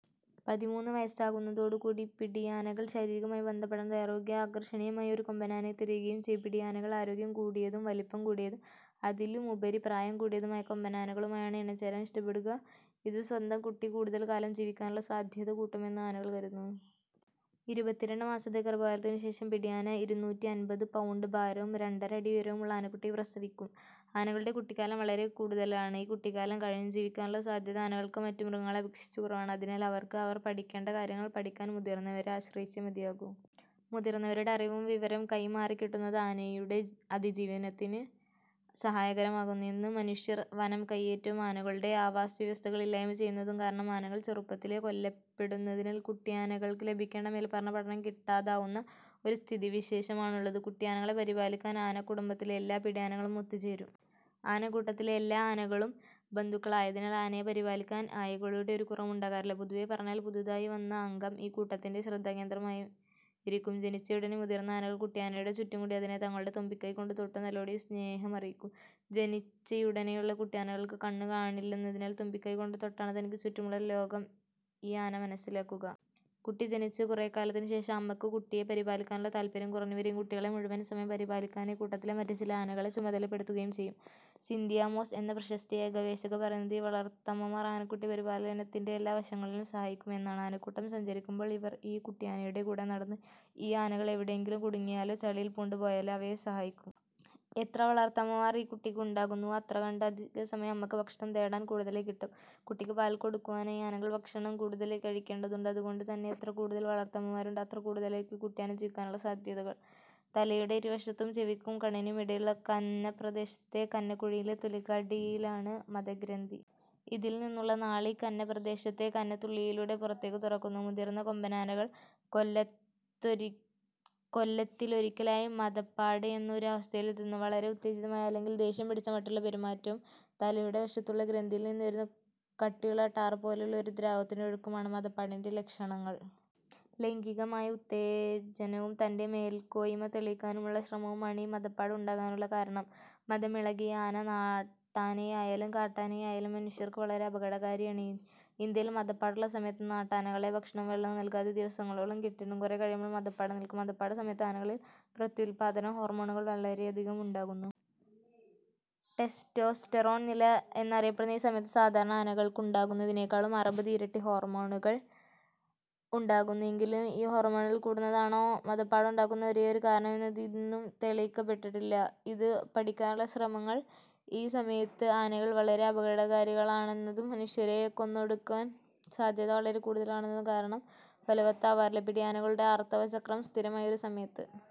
പതിമൂന്ന് വയസ്സാകുന്നതോട് കൂടി പിടിയാനകൾ ശാരീരികമായി ബന്ധപ്പെടാൻ തയ്യാറാവുകയും, ആകർഷണീയമായ ഒരു കൊമ്പനാനയെ തിരയുകയും ചെയ്യും. പിടിയാനകൾ ആരോഗ്യം കൂടിയതും, വലിപ്പം കൂടിയതും, അതിലുമുപരി പ്രായം കൂടിയതുമായ കൊമ്പനാനകളുമായാണ് ഇണചേരാൻ ഇഷ്ടപ്പെടുക. ഇത് സ്വന്തം കുട്ടി, കൂടുതൽ കാലം ജീവിക്കാനുള്ള സാധ്യത കൂട്ടുമെന്ന് ആനകൾ കരുതുന്നു. ഇരുപത്തി രണ്ട് മാസത്തെ ഗർഭകാലത്തിനു ശേഷം, പിടിയാന ഇരുന്നൂറ്റി അൻപത് പൗണ്ട് ഭാരവും രണ്ടര അടി ഉയരവും ഉള്ള ആനക്കുട്ടിയെ പ്രസവിക്കും. ആനകളുടെ കുട്ടിക്കാലം വളരെ കൂടുതലാണ്. ഈ കുട്ടിക്കാലം കഴിഞ്ഞും ജീവിക്കാനുള്ള സാധ്യത ആനകൾക്ക് മറ്റ് മൃഗങ്ങളെ അപേക്ഷിച്ച് കുറവാണ്. അതിനാൽ, അവർക്ക് അവർ പഠിക്കേണ്ട കാര്യങ്ങൾ പഠിക്കാൻ മുതിർന്നവരെ ആശ്രയിച്ചേ മതിയാകൂ. മുതിർന്നവരുടെ അറിവും വിവരവും കൈമാറി കിട്ടുന്നത് ആനയുടെ അതിജീവനത്തിന് സഹായകരമാകുന്നു. ഇന്ന് മനുഷ്യർ വനം കയ്യേറ്റവും, ആനകളുടെ ആവാസവ്യവസ്ഥകൾ ഇല്ലായ്മ ചെയ്യുന്നതും കാരണം ആനകൾ ചെറുപ്പത്തിലേ കൊല്ലപ്പെടുന്നതിനാൽ കുട്ടിയാനകൾക്ക് ലഭിക്കേണ്ട മേൽപ്പറഞ്ഞ പഠനം കിട്ടാതാവുന്ന ഒരു സ്ഥിതിവിശേഷമാണുള്ളത്. കുട്ടിയാനകളെ പരിപാലിക്കാൻ ആനക്കുടുംബത്തിലെ എല്ലാ പിടിയാനകളും ഒത്ത് ചേരും. ആനക്കൂട്ടത്തിലെ എല്ലാ ആനകളും ബന്ധുക്കളായതിനാൽ ആനയെ പരിപാലിക്കാൻ ആയകളുടെ ഒരു കുറവും ഉണ്ടാകാറില്ല. പൊതുവേ പറഞ്ഞാൽ, പുതുതായി വന്ന അംഗം ഈ കൂട്ടത്തിന്റെ ശ്രദ്ധാകേന്ദ്രമായിരിക്കും. ജനിച്ചയുടെനെ മുതിർന്ന ആനകൾ കുട്ടിയാനയുടെ ചുറ്റുംകൂടി അതിനെ തങ്ങളുടെ തുമ്പിക്കൈ കൊണ്ട് തൊട്ടും തലോടിയും സ്നേഹമറിയിക്കും. ജനിച്ചയുടെനേയുള്ള കുട്ടിയാനകൾക്ക് കണ്ണ് കാണില്ലെന്നതിനാൽ തുമ്പിക്കൈ കൊണ്ട് തൊട്ടാണ് തനിക്ക് ചുറ്റുമുള്ള ലോകം ഈ ആന മനസ്സിലാക്കുക. കുട്ടി ജനിച്ച് കുറേക്കാലത്തിന് ശേഷം അമ്മയ്ക്ക് കുട്ടിയെ പരിപാലിക്കാനുള്ള താത്പര്യം കുറഞ്ഞ് വരികയും, കുട്ടികളെ മുഴുവൻ സമയം പരിപാലിക്കാനായി കൂട്ടത്തിലെ മറ്റ്ചില ആനകളെ ചുമതലപ്പെടുത്തുകയും ചെയ്യും. സിന്തിയ മോസ് എന്ന പ്രശസ്തയായ ഗവേഷക പറയുന്നത് ഈ വളർത്തമ്മമാർ ആനക്കുട്ടിപരിപാലനത്തിന്റെ എല്ലാ വശങ്ങളിലും സഹായിക്കും എന്നാണ്. ആനക്കൂട്ടം സഞ്ചരിക്കുമ്പോൾ, ഇവർ ഈ കുട്ടിയാനയുടെ കൂടെ നടന്ന്, ഈ ആനകൾ എവിടെയെങ്കിലും കുടുങ്ങിയാലോ ചളിയിൽ പൂണ്ട് പോയാലോ അവയെ സഹായിക്കും. എത്ര വളർത്തമ്മമാർ ഈ കുട്ടിക്ക് ഉണ്ടാകുന്നുവോ അത്രകണ്ട് അധികസമയം അമ്മയ്ക്ക് ഭക്ഷണം തേടാൻ കൂടുതലായി കിട്ടും. കുട്ടിക്ക് പാൽ കൊടുക്കുവാനായി ആനകൾ ഭക്ഷണം കൂടുതലായി കഴിക്കേണ്ടതുണ്ട്. അത് കൊണ്ട് തന്നെ എത്ര കൂടുതൽ വളർത്തമ്മമാരുണ്ടോ അത്ര കൂടുതലായിരിക്കും ഈ കുട്ടിയാന ജീവിക്കാനുള്ള സാധ്യതകൾ. തലയുടെ ഇരുവശത്തും ചെവിയ്ക്കും കണ്ണിനും ഇടയിലുള്ള കന്നപ്രദേശത്തെ കന്നക്കുഴിയിലെ തൊലിക്കടിയിലാണ് മദഗ്രന്ഥി. ഇതിൽ നിന്നുള്ള നാളി കന്നപ്രദേശത്തെ കന്നത്തുളയിലൂടെ പുറത്തേക്ക് തുറക്കുന്നു. മുതിർന്ന കൊമ്പനാനകൾ കൊല്ലത്തിലൊരിക്കലായി മദപ്പാട് എന്ന ഒരു അവസ്ഥയിലെത്തുന്നു. വളരെ ഉത്തേജിതമായ അല്ലെങ്കിൽ ദേഷ്യം പിടിച്ച മട്ടിലുള്ള പെരുമാറ്റവും തലയുടെ വശത്തുള്ള ഗ്രന്ഥിയിൽ നിന്ന് വരുന്ന കട്ടിയുള്ള ടാർ പോലെയുള്ള ഒരു ദ്രാവകത്തിന്റെ ഒഴുക്കുമാണ് മദപ്പാടിന്റെ ലക്ഷണങ്ങൾ. ലൈംഗികമായ ഉത്തേജനവും തന്റെ മേൽക്കോയ്മ തെളിയിക്കാനുമുള്ള ശ്രമവും ആണ് ഈ മദപ്പാട് ഉണ്ടാകാനുള്ള കാരണം. മദമിളകിയ ആന, നാട്ടാനയായാലും കാട്ടാനയായാലും മനുഷ്യർക്ക് വളരെ അപകടകാരിയാണ്. ഇന്ത്യയിൽ മദപ്പാടുള്ള സമയത്ത് നാട്ടാനകളെ ഭക്ഷണവും വെള്ളവും നൽകാതെ ദിവസങ്ങളോളം കെട്ടിയിടും. കുറേ കഴിയുമ്പോൾ മദപ്പാട് നിൽക്കും. മദപ്പാട് സമയത്ത് ആനകളിൽ പ്രത്യുത്പാദന ഹോർമോണുകൾ വളരെയധികം ഉണ്ടാകുന്നു. ടെസ്റ്റ്രോസ്റ്റെറോൺ നില എന്നറിയപ്പെടുന്ന ഈ സമയത്ത് സാധാരണ ആനകൾക്കുണ്ടാകുന്നതിനേക്കാളും അറുപത് ഇരട്ടി ഹോർമോണുകൾ ഉണ്ടാകുന്നു. എങ്കിലും ഈ ഹോർമോണുകൾ കൂടുന്നതാണോ മദപ്പാടുണ്ടാക്കുന്ന ഒരേയൊരു കാരണം എന്നത് ഇന്നും തെളിയിക്കപ്പെട്ടിട്ടില്ല. ഇത് പഠിക്കാനുള്ള ശ്രമങ്ങൾ ഈ സമയത്ത് ആനകൾ വളരെ അപകടകാരികളാണെന്നതും മനുഷ്യരെ കൊന്നൊടുക്കാൻ സാധ്യത വളരെക്കൂടുതൽ ആണെന്നതും കാരണം ഫലവത്താവാറില്ല. പിടിയാനകളുടെ ആർത്തവചക്രം സ്ഥിരമായി ഒരു സമയത്ത്